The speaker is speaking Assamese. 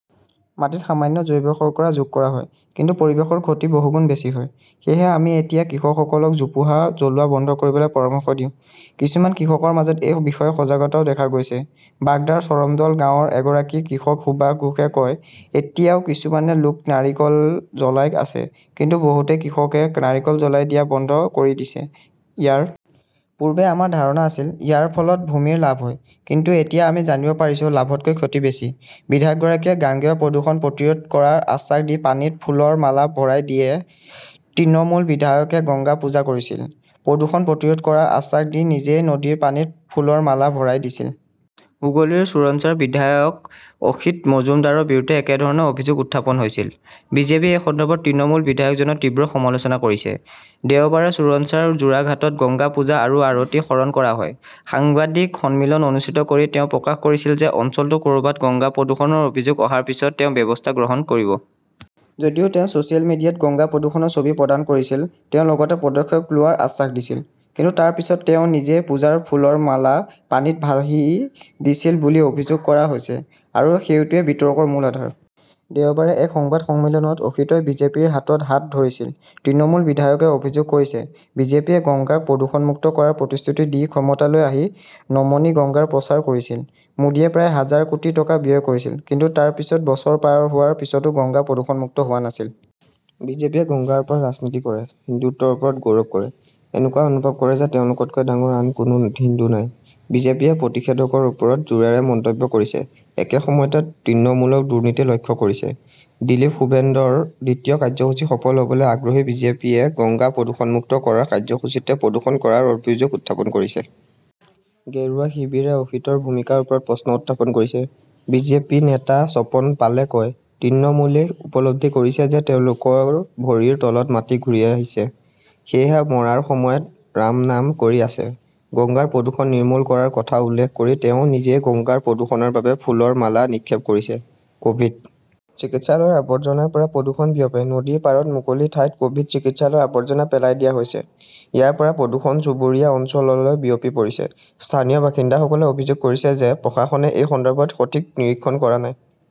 মাটিত সামান্য জৈৱ-শৰ্কৰা যোগ কৰা হয়, কিন্তু পৰিৱেশৰ ক্ষতি বহুগুণ বেছি হয়। সেয়েহে আমি এতিয়া কৃষকসকলক জোপোহা জ্বলোৱা বন্ধ কৰিবলৈ পৰামৰ্শ দিওঁ। কিছুমান কৃষকৰ মাজত এই বিষয়ে সজাগতাও দেখা গৈছে। বাগদাৰ চৰমণ্ডল গাঁৱৰ এগৰাকী কৃষক সুভাষ ঘোষে কয়, এতিয়াও কিছুমান লোকে নাৰিকল জ্বলাই আছে, কিন্তু বহুতো কৃষকে নাৰিকল জ্বলাই দিয়া বন্ধ কৰি দিছে। ইয়াৰ পূৰ্বে আমাৰ ধাৰণা আছিল, ইয়াৰ ফলত ভূমিৰ লাভ হয়। কিন্তু এতিয়া আমি জানিব পাৰিছো, লাভতকৈ ক্ষতি বেছি। বিধায়কগৰাকীয়ে গাঙ্গেয় প্ৰদূষণ প্ৰতিৰোধ কৰাৰ আশ্বাস দি পানীত ফুলৰ মালা ভৰাই দিয়ে তৃণমূল বিধায়কে গংগা পূজা কৰিছিল, প্ৰদূষণ প্ৰতিৰোধ কৰাৰ আশ্বাস দি নিজেই নদীৰ পানীত ফুলৰ মালা ভৰাই দিছিল। হুগলীৰ চুঞ্চুৰাৰ বিধায়ক অসিত মজূমদাৰৰ বিৰুদ্ধে একেধৰণৰ অভিযোগ উত্থাপন হৈছিল। বিজেপিয়ে এই সন্দৰ্ভত তৃণমূল বিধায়কজনক তীব্ৰ সমালোচনা কৰিছে। দেওবাৰে চুঞ্চুৰাৰ জোড়াঘাটত গংগা পূজা আৰু আৰতি সৰণ কৰা হয়। সাংবাদিক সন্মিলন অনুষ্ঠিত কৰি তেওঁ প্ৰকাশ কৰিছিল যে অঞ্চলটোত কৰবাত গংগা প্ৰদূষণৰ অভিযোগ অহাৰ পিছত তেওঁ ব্যৱস্থা গ্ৰহণ কৰিব। যদিও তেওঁ ছচিয়েল মিডিয়াত গংগা প্ৰদূষণৰ ছবি প্ৰদান কৰিছিল, তেওঁ লগতে পদক্ষেপ লোৱাৰ আশ্বাস দিছিল। কিন্তু তাৰ পিছত তেওঁ নিজেই পূজাৰ ফুলৰ মালা পানীত ভাহি দিছিল বুলি অভিযোগ কৰা হৈছে। আৰু সেইটোৱেই বিতৰ্কৰ মূল আধাৰ। দেওবাৰে এক সংবাদ সন্মিলনত অসিতই বিজেপিৰ হাতত হাত ধৰিছিল। তৃণমূল বিধায়কে অভিযোগ কৰিছে, বিজেপিয়ে গংগাক প্ৰদূষণমুক্ত কৰাৰ প্ৰতিশ্ৰুতি দি ক্ষমতালৈ আহি 'নমমী গংগাৰ প্ৰচাৰ কৰিছিল। মোদীয়ে প্ৰায় হাজাৰ কোটি টকা ব্যয় কৰিছিল। কিন্তু তাৰ পিছত বছৰ পাৰ হোৱাৰ পিছতো গংগা প্ৰদূষণমুক্ত হোৱা নাছিল। বিজেপিয়ে গংগাৰ ওপৰত ৰাজনীতি কৰে, হিন্দুত্বৰ ওপৰত গৌৰৱ কৰে। এনেকুৱা অনুভৱ কৰে যে তেওঁলোকতকৈ ডাঙৰ আন কোনো হিন্দু নাই। বিজেপিয়ে প্ৰতিষেধকৰ ওপৰত জোৰেৰে মন্তব্য কৰিছে, একে সময়তে তৃণমূলক 'দুৰ্নীতি লক্ষ্য কৰিছেঃ দিলীপ-শুভেন্দ্ৰৰ দ্বিতীয় কাৰ্যসূচী সফল হবলৈ আগ্ৰহী বিজেপিয়ে গংগা প্ৰদূষণমুক্ত কৰাৰ কাৰ্যসূচীতে প্ৰদূষণ কৰাৰ অভিযোগ উত্থাপন কৰিছে? গেৰুৱা শিবিৰে অসিতৰ ভূমিকাৰ ওপৰত প্ৰশ্ন উত্থাপন কৰিছে। বিজেপি নেতা স্বপন পালে কয়, তৃণমূলই উপলব্ধি কৰিছে যে তেওঁলোকৰ ভৰিৰ তলত মাটি ঘূৰি আহিছে। সেয়েহে মৰাৰ সময়ত ৰামনাম কৰি আছে। গংগাৰ প্ৰদূষণ নিৰ্মূল কৰাৰ কথা উল্লেখ কৰি তেওঁ নিজেই গংগাৰ প্ৰদূষণৰ বাবে ফুলৰ মালা নিক্ষেপ কৰিছে। কভিড চিকিৎসালয়ৰ আৱৰ্জনাৰ পৰা প্ৰদূষণ বিয়পে নদীৰ পাৰত মুকলি ঠাইত কভিড চিকিৎসালয়ৰ আৱৰ্জনা পেলাই দিয়া হৈছে। ইয়াৰ পৰা প্ৰদূষণ চুবুৰীয়া অঞ্চললৈ বিয়পি পৰিছে। স্থানীয় বাসিন্দাসকলে অভিযোগ কৰিছে যে প্ৰশাসনে এই সন্দৰ্ভত সঠিক নিৰীক্ষণ কৰা নাই।